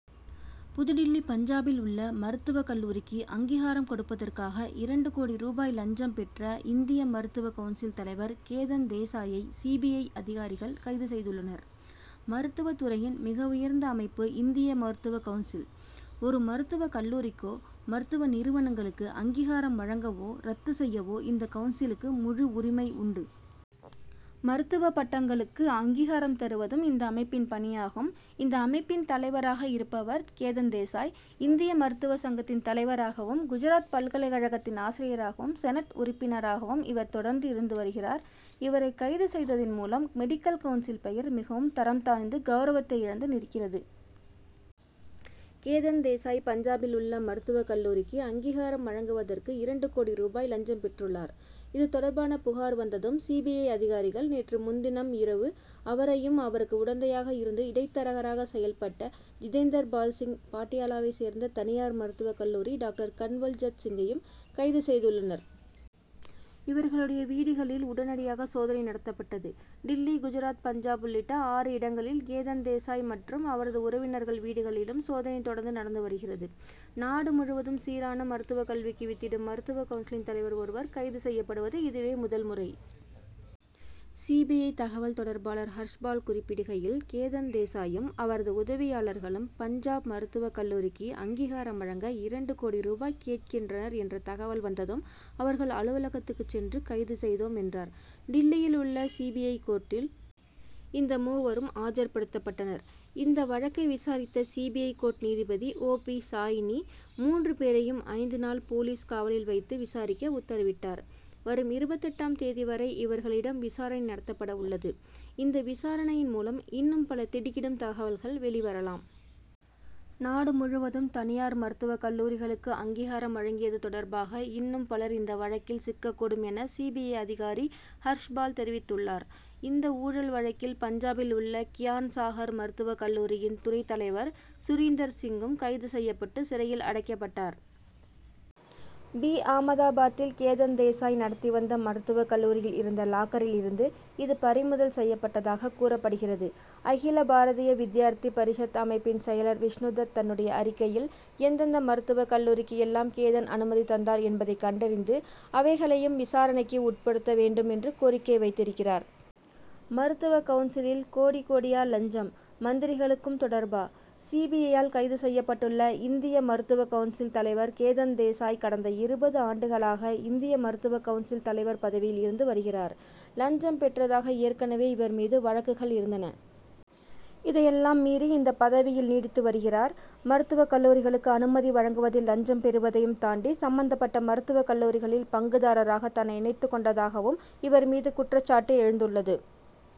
புதுடில்லி பஞ்சாபில் உள்ள மருத்துவக் கல்லூரிக்கு அங்கீகாரம் கொடுப்பதற்காக இரண்டு கோடி ரூபாய் லஞ்சம் பெற்ற இந்திய மருத்துவக் கவுன்சில் தலைவர் கேதன் தேசாயை சி. பி. ஐ. அதிகாரிகள் கைது செய்துள்ளனர். மருத்துவத் துறையின் மிக உயர்ந்த அமைப்பு இந்திய மருத்துவக் கவுன்சில். ஒரு மருத்துவக் கல்லூரிக்கோ மருத்துவ நிறுவனங்களுக்கு அங்கீகாரம் வழங்கவோ ரத்து செய்யவோ இந்த கவுன்சிலுக்கு முழு உரிமை உண்டு. மருத்துவப் பட்டங்களுக்கு அங்கீகாரம் தருவதும் இந்த அமைப்பின் பணியாகும். இந்த அமைப்பின் தலைவராக இருப்பவர் கேதன் தேசாய். இந்திய மருத்துவ சங்கத்தின் தலைவராகவும் குஜராத் பல்கலைக் கழகத்தின் ஆசிரியராகவும் செனட் உறுப்பினராகவும் இவர் தொடர்ந்து இருந்து வருகிறார். இவரை கைது செய்ததின் மூலம் மெடிக்கல் கவுன்சில் பெயர் மிகவும் தரம் தாழ்ந்து கவுரவத்தை இழந்து நிற்கிறது. கேதன் தேசாய் பஞ்சாபில் உள்ள மருத்துவக் கல்லூரிக்கு அங்கீகாரம் வழங்குவதற்கு இரண்டு கோடி ரூபாய் லஞ்சம் பெற்றுள்ளார். இது தொடர்பான புகார் வந்ததும் சி. பி. ஐ.அதிகாரிகள் நேற்று முன்தினம் இரவு அவரையும் அவருக்கு உடந்தையாக இருந்து இடைத்தரகராகச் செயல்பட்ட ஜிதேந்தர் பால் சிங் பாட்டியாலாவைச் சேர்ந்த தனியார் மருத்துவக் கல்லூரி டாக்டர் கன்வல்ஜத் சிங்கையும் கைது செய்துள்ளனர். இவர்களுடைய வீடுகளில் உடனடியாக சோதனை நடத்தப்பட்டது. டில்லி, குஜராத், பஞ்சாப் உள்ளிட்ட ஆறு இடங்களில் கேதன் தேசாய் மற்றும் அவரது உறவினர்கள் வீடுகளிலும் சோதனை தொடர்ந்து நடந்து வருகிறது. நாடு முழுவதும் சீரான மருத்துவக் கல்விக்கு வித்திடும் மருத்துவக் கவுன்சிலின் தலைவர் ஒருவர் கைது செய்யப்படுவது இதுவே முதல் முறை. சி. பி. ஐ.தகவல் தொடர்பாளர் ஹர்ஷ்பால் குறிப்பிடுகையில் கேதன் தேசாயும் அவரது உதவியாளர்களும் பஞ்சாப் மருத்துவக் கல்லூரிக்கு அங்கீகாரம் வழங்க இரண்டு கோடி ரூபாய் கேட்கின்றனர் என்ற தகவல் வந்ததும் அவர்கள் அலுவலகத்துக்குச் சென்று கைது செய்தோம் என்றார். டில்லியில் உள்ள சி. பி. ஐ.கோர்ட்டில் இந்த மூவரும் ஆஜர்படுத்தப்பட்டனர். இந்த வழக்கை விசாரித்த சி. பி. ஐ. கோர்ட் நீதிபதி ஓ. பி. சாய்னி மூன்று பேரையும் ஐந்து நாள் போலீஸ் காவலில் வைத்து விசாரிக்க உத்தரவிட்டார். வரும் இருபத்தெட்டு ஆம் தேதி வரை இவர்களிடம் விசாரணை நடத்தப்பட உள்ளது. இந்த விசாரணையின் மூலம் இன்னும் பல திடுக்கிடும் தகவல்கள் வெளிவரலாம். நாடு முழுவதும் தனியார் மருத்துவக் கல்லூரிகளுக்கு அங்கீகாரம் வழங்கியது தொடர்பாக இன்னும் பலர் இந்த வழக்கில் சிக்கக்கூடும் என சி. பி. ஐ.அதிகாரி ஹர்ஷ்பால் தெரிவித்துள்ளார். இந்த ஊழல் வழக்கில் பஞ்சாபில் உள்ள கியான் சாகர் மருத்துவக் கல்லூரியின் துணைத் தலைவர் சுரீந்தர் சிங்கும் கைது செய்யப்பட்டு சிறையில் அடைக்கப்பட்டார். பி. ஆமதாபாத்தில் கேதன் தேசாய் நடத்தி வந்த மருத்துவக் கல்லூரியில் இருந்த லாக்கரில் இருந்து இது பறிமுதல் செய்யப்பட்டதாகக் கூறப்படுகிறது. அகில பாரதிய வித்யார்த்தி பரிஷத் அமைப்பின் செயலர் விஷ்ணு தத் தன்னுடைய அறிக்கையில் எந்தெந்த மருத்துவக் கல்லூரிக்கு எல்லாம் கேதன் அனுமதி தந்தார் என்பதைக் கண்டறிந்து அவைகளையும் விசாரணைக்கு உட்படுத்த வேண்டும் என்று கோரிக்கை வைத்திருக்கிறார். மருத்துவ கவுன்சிலில் கோடி கோடியா லஞ்சம் மந்திரிகளுக்கும் தொடர்பா? சி. பி. ஐ.யால் கைது செய்யப்பட்டுள்ள இந்திய மருத்துவ கவுன்சில் தலைவர் கேதன் தேசாய் கடந்த இருபது ஆண்டுகளாக இந்திய மருத்துவ கவுன்சில் தலைவர் பதவியில் இருந்து வருகிறார். லஞ்சம் பெற்றதாக ஏற்கனவே இவர் மீது வழக்குகள் இருந்தன. இதையெல்லாம் மீறி இந்தப் பதவியில் நீடித்து வருகிறார். மருத்துவக் கல்லூரிகளுக்கு அனுமதி வழங்குவதில் லஞ்சம் பெறுவதையும் தாண்டி சம்பந்தப்பட்ட மருத்துவக் கல்லூரிகளில் பங்குதாரராக தன்னைக் இணைத்துக் கொண்டதாகவும் இவர்மீது குற்றச்சாட்டு எழுந்துள்ளது.